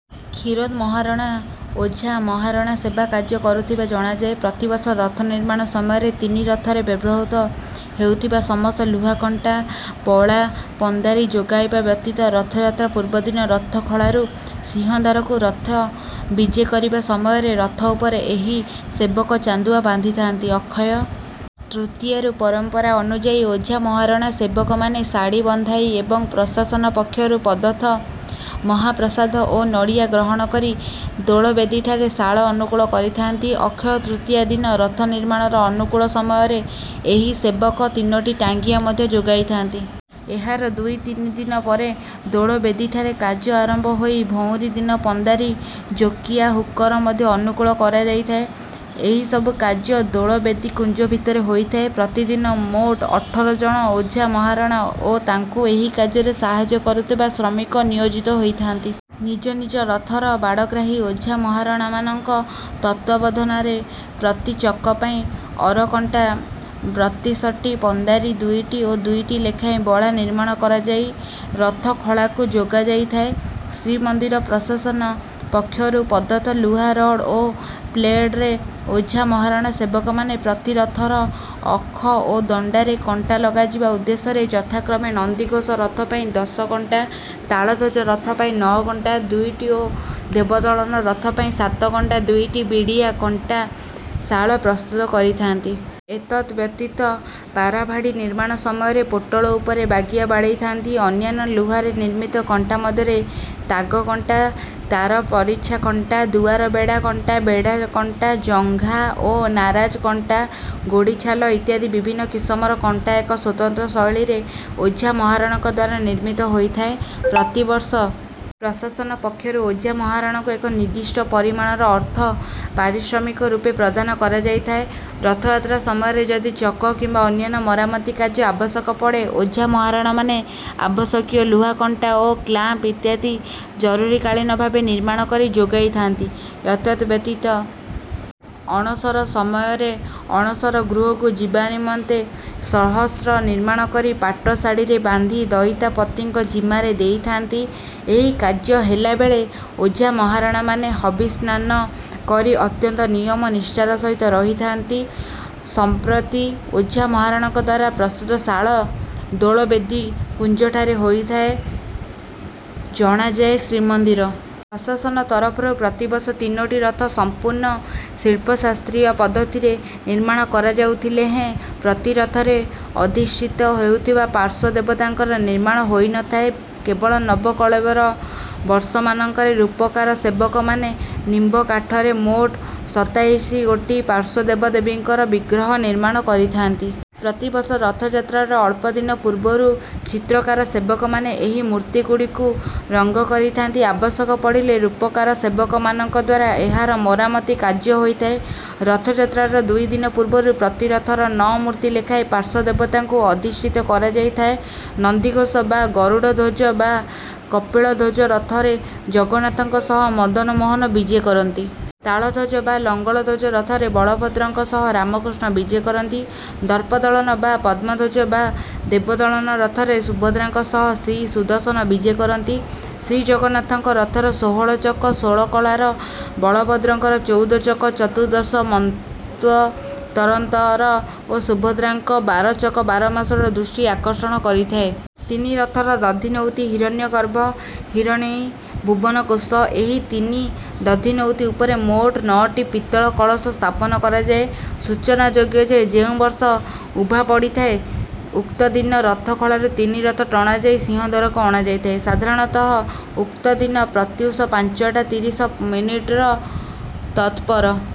କ୍ଷୀରୋଦ ମହାରଣା ଓଝା ମହାରଣା ସେବା କାର୍ଯ୍ୟ କରୁଥିବା ଜଣାଯାଏ। ପ୍ରତିବର୍ଷ ରଥ ନିର୍ମାଣ ସମୟରେ ତିନି ରଥରେ ବ୍ୟବହୃତ ହେଉଥିବା ସମସ୍ତ ଲୁହାକଣ୍ଟା, ବଳା, ପନ୍ଦାରି ଯୋଗାଇବା ବ୍ୟତୀତ ରଥଯାତ୍ରା ପୂର୍ବଦିନ ରଥଖଳାରୁ ସିଂହଦ୍ୱାରକୁ ରଥ ବିଜେ କରିବା ସମୟରେ ରଥ ଉପରେ ଏହି ସେବକ ଚାନ୍ଦୁଆ ବାନ୍ଧିଥାନ୍ତି। ଅକ୍ଷୟ ତୃତୀୟାରୁ ପରମ୍ପରା ଅନୁଯାୟୀ ଓଝା ମହାରଣା ସେବକମାନେ ଶାଢ଼ୀ ବନ୍ଧାଇ ଏବଂ ପ୍ରଶାସନ ପକ୍ଷରୁ ପ୍ରଦତ୍ତ ମହାପ୍ରସାଦ ଓ ନଡ଼ିଆ ଗ୍ରହଣ କରି ଦୋଳବେଦୀଠାରେ ଶାଳ ଅନୁକୂଳ କରିଥାନ୍ତି। ଅକ୍ଷୟ ତୃତୀୟା ଦିନ ରଥ ନିର୍ମାଣର ଅନୁକୂଳ ସମୟରେ ଏହି ସେବକ ତିନୋଟି ଟାଙ୍ଗିଆ ମଧ୍ୟ ଯୋଗାଇଥାନ୍ତି। ଏହାର ଦୁଇ-ତିନି ଦିନ ପରେ ଦୋଳବେଦୀଠାରେ କାର୍ଯ୍ୟ ଆରମ୍ଭ ହୋଇ ଭଉଁରୀ ଦିନ ପନ୍ଦାରି, ଜୋକିଆ, ହୁକର ମଧ୍ୟ ଅନୁକୂଳ କରାଯାଇଥାଏ। ଏହିସବୁ କାର୍ଯ୍ୟ ଦୋଳବେଦୀ କୁଞ୍ଜ ଭିତରେ ହୋଇଥାଏ। ପ୍ରତିଦିନ ମୋଟ ଅଠର ଜଣ ଓଝା ମହାରଣା ଓ ତାଙ୍କୁ ଏହି କାର୍ଯ୍ୟରେ ସାହାଯ୍ୟ କରୁଥିବା ଶ୍ରମିକ ନିଯୋଜିତ ହୋଇଥାନ୍ତି। ନିଜ ନିଜ ରଥର ବାଡ଼ଗ୍ରାହୀ ଓଝା ମହାରଣାମାନଙ୍କ ତତ୍ତ୍ୱାବଧାନରେ ପ୍ରତି ଚକ ପାଇଁ ଅରକଣ୍ଟା ବତ୍ରିଶଟି, ପନ୍ଦାରି ଦୁଇଟି ଓ ଦୁଇଟି ଲେଖାଏଁ ବଳା ନିର୍ମାଣ କରାଯାଇ ରଥଖଳାକୁ ଯୋଗାଯାଇଥାଏ। ଶ୍ରୀମନ୍ଦିର ପ୍ରଶାସନ ପକ୍ଷରୁ ପ୍ରଦତ୍ତ ଲୁହା ରଡ଼୍ ଓ ପ୍ଲେଟ୍‌ରେ ଓଝା ମହାରଣା ସେବକମାନେ ପ୍ରତି ରଥର ଅଖ ଓ ଦଣ୍ଡାରେ କଣ୍ଟା ଲଗାଯିବା ଉଦ୍ଦେଶ୍ୟରେ ଯଥାକ୍ରମେ ନନ୍ଦିଘୋଷ ରଥ ପାଇଁ ଦଶ ଗଣ୍ଡା, ତାଳଧ୍ୱଜ ରଥ ପାଇଁ ନଅ ଗଣ୍ଡା ଦୁଇଟି ଓ ଦେବଦଳନ ରଥ ପାଇଁ ସାତ ଗଣ୍ଡା ଦୁଇଟି ବିଡ଼ିଆ କଣ୍ଟା ଶାଳ ପ୍ରସ୍ତୁତ କରିଥାନ୍ତି। ଏତଦ୍‌ବ୍ୟତୀତ ପାରାଭାଡ଼ି ନିର୍ମାଣ ସମୟରେ ପୋଟଳ ଉପରେ ବାଗିଆ ବାଡ଼େଇଥାନ୍ତି। ଅନ୍ୟାନ୍ୟ ଲୁହାରେ ନିର୍ମିତ କଣ୍ଟା ମଧ୍ୟରେ ତାଗକଣ୍ଟା, ତାର ପରିଚ୍ଛା କଣ୍ଟା, ଦୁଆର ବେଢ଼ା କଣ୍ଟା, ବେଢ଼ା କଣ୍ଟା, ଜଙ୍ଘା ଓ ନାରାଜ କଣ୍ଟା, ଗୋଡ଼ିଛାଲ ଇତ୍ୟାଦି ବିଭିନ୍ନ କିସମର କଣ୍ଟା ଏକ ସ୍ୱତନ୍ତ୍ର ଶୈଳୀରେ ଓଝା ମହାରଣାଙ୍କ ଦ୍ୱାରା ନିର୍ମିତ ହୋଇଥାଏ। ପ୍ରତିବର୍ଷ ପ୍ରଶାସନ ପକ୍ଷରୁ ଓଝା ମହାରଣାଙ୍କୁ ଏକ ନିର୍ଦ୍ଦିଷ୍ଟ ପରିମାଣର ଅର୍ଥ ପାରିଶ୍ରମିକ ରୂପେ ପ୍ରଦାନ କରାଯାଇଥାଏ। ରଥଯାତ୍ରା ସମୟରେ ଯଦି ଚକ କିମ୍ବା ଅନ୍ୟାନ୍ୟ ମରାମତି କାର୍ଯ୍ୟ ଆବଶ୍ୟକ ପଡ଼େ, ଓଝା ମହାରଣାମାନେ ଆବଶ୍ୟକୀୟ ଲୁହା କଣ୍ଟା ଓ କ୍ଲାମ୍ପ ଇତ୍ୟାଦି ଜରୁରୀକାଳୀନ ଭାବେ ନିର୍ମାଣ କରି ଯୋଗାଇଥାନ୍ତି। ଏତଦ୍‌ବ୍ୟତୀତ ଅଣସର ସମୟରେ ଅଣସର ଗୃହକୁ ଯିବା ନିମନ୍ତେ ସହସ୍ର ନିର୍ମାଣ କରି ପାଟଶାଢ଼ୀରେ ବାନ୍ଧି ଦଇତାପତିଙ୍କ ଜିମାରେ ଦେଇଥାନ୍ତି। ଏହି କାର୍ଯ୍ୟ ହେଲା ବେଳେ ଓଝା ମହାରଣାମାନେ ହବିଷାନ୍ନ କରି ଅତ୍ୟନ୍ତ ନିୟମ, ନିଷ୍ଠାର ସହିତ ରହିଥାନ୍ତି। ସମ୍ପ୍ରତି ଓଝା ମହାରଣାଙ୍କ ଦ୍ୱାରା ପ୍ରସ୍ତୁତ ଶାଳ ଦୋଳବେଦୀ କୁଞ୍ଜଠାରେ ହୋଇଥିବା ଜଣାଯାଏ। ଶ୍ରୀମନ୍ଦିର ପ୍ରଶାସନ ତରଫରୁ ପ୍ରତିବର୍ଷ ତିନୋଟି ରଥ ସମ୍ପୂର୍ଣ୍ଣ ଶିଳ୍ପଶାସ୍ତ୍ରୀୟ ପଦ୍ଧତିରେ ନିର୍ମାଣ କରାଯାଉଥିଲେ ହେଁ ପ୍ରତି ରଥରେ ଅଧିଷ୍ଠିତ ହେଉଥିବା ପାର୍ଶ୍ୱ ଦେବତାଙ୍କର ନିର୍ମାଣ ହୋଇନଥାଏ। କେବଳ ନବକଳେବର ବର୍ଷମାନଙ୍କରେ ରୂପକାର ସେବକମାନେ ନିମ୍ବ କାଠରେ ମୋଟ ସତାଇଶିଗୋଟି ପାର୍ଶ୍ୱ ଦେବଦେବୀଙ୍କର ବିଗ୍ରହ ନିର୍ମାଣ କରିଥାନ୍ତି। ପ୍ରତିବର୍ଷ ରଥଯାତ୍ରାର ଅଳ୍ପ ଦିନ ପୂର୍ବରୁ ଚିତ୍ରକାର ସେବକମାନେ ଏହି ମୂର୍ତ୍ତିଗୁଡ଼ିକୁ ରଙ୍ଗ କରିଥାନ୍ତି। ଆବଶ୍ୟକ ପଡ଼ିଲେ ରୂପକାର ସେବକମାନଙ୍କ ଦ୍ୱାରା ଏହାର ମରାମତି କାର୍ଯ୍ୟ ହୋଇଥାଏ। ରଥଯାତ୍ରାର ଦୁଇ ଦିନ ପୂର୍ବରୁ ପ୍ରତି ରଥରେ ନଅ ମୂର୍ତ୍ତି ଲେଖାଏଁ ପାର୍ଶ୍ୱଦେବତାଙ୍କୁ ଅଧିଷ୍ଠିତ କରାଯାଇଥାଏ। ନନ୍ଦିଘୋଷ' ବା 'ଗରୁଡ଼ଧ୍ୱଜ' ବା 'କପିଳଧ୍ୱଜ' ରଥରେ ଜଗନ୍ନାଥଙ୍କ ସହ ମଦନମୋହନ ବିଜେ କରନ୍ତି। 'ତାଳଧ୍ୱଜ' ବା 'ଲଙ୍ଗଳ ଧ୍ୱଜ' ରଥରେ ବଳଭଦ୍ରଙ୍କ ସହ ରାମକୃଷ୍ଣ ବିଜେ କରନ୍ତି। 'ଦର୍ପଦଳନ' ବା 'ପଦ୍ମଧ୍ୱଜ' ବା 'ଦେବଦଳନ' ରଥରେ ସୁଭଦ୍ରାଙ୍କ ସହ ଶ୍ରୀସୁଦର୍ଶନ ବିଜେ କରନ୍ତି। ଶ୍ରୀଜଗନ୍ନାଥଙ୍କ ରଥର ଷୋହଳ ଚକ ଷୋଳକଳାର, ବଳଭଦ୍ରଙ୍କର ଚଉଦ ଚକ ଚତୁର୍ଦ୍ଦଶ ମନ୍ୱନ୍ତରର ଓ ସୁଭଦ୍ରାଙ୍କ ବାର ଚକ ବାରମାସର ଦୃଷ୍ଟି ଆକର୍ଷଣ କରିଥାଏ। ତିନି ରଥର ଦଧିନଉତି ହିରଣ୍ୟଗର୍ଭ, ହିରଣ୍ମୟୀ, ଭୁବନକୋଷ। ଏହି ତିନି ଦଧିନଉତି ଉପରେ ମୋଟ ନଅଟି ପିତ୍ତଳ କଳସ ସ୍ଥାପନ କରାଯାଏ। ସୂଚନାଯୋଗ୍ୟ ଯେ, ଯେଉଁ ବର୍ଷ ଉଭା ପଡ଼ିଥାଏ, ଉକ୍ତ ଦିନ ରଥଖଳାରୁ ତିନି ରଥ ଟଣାଯାଇ ସିଂହଦ୍ୱାରକୁ ଅଣାଯାଇଥାଏ। ସାଧାରଣତଃ ଉକ୍ତ ଦିନ ପ୍ରତ୍ୟୂଷ ପାଞ୍ଚଟା ତିରିଶ ମିନିଟ୍‌ରୁ ତତ୍‌ପର।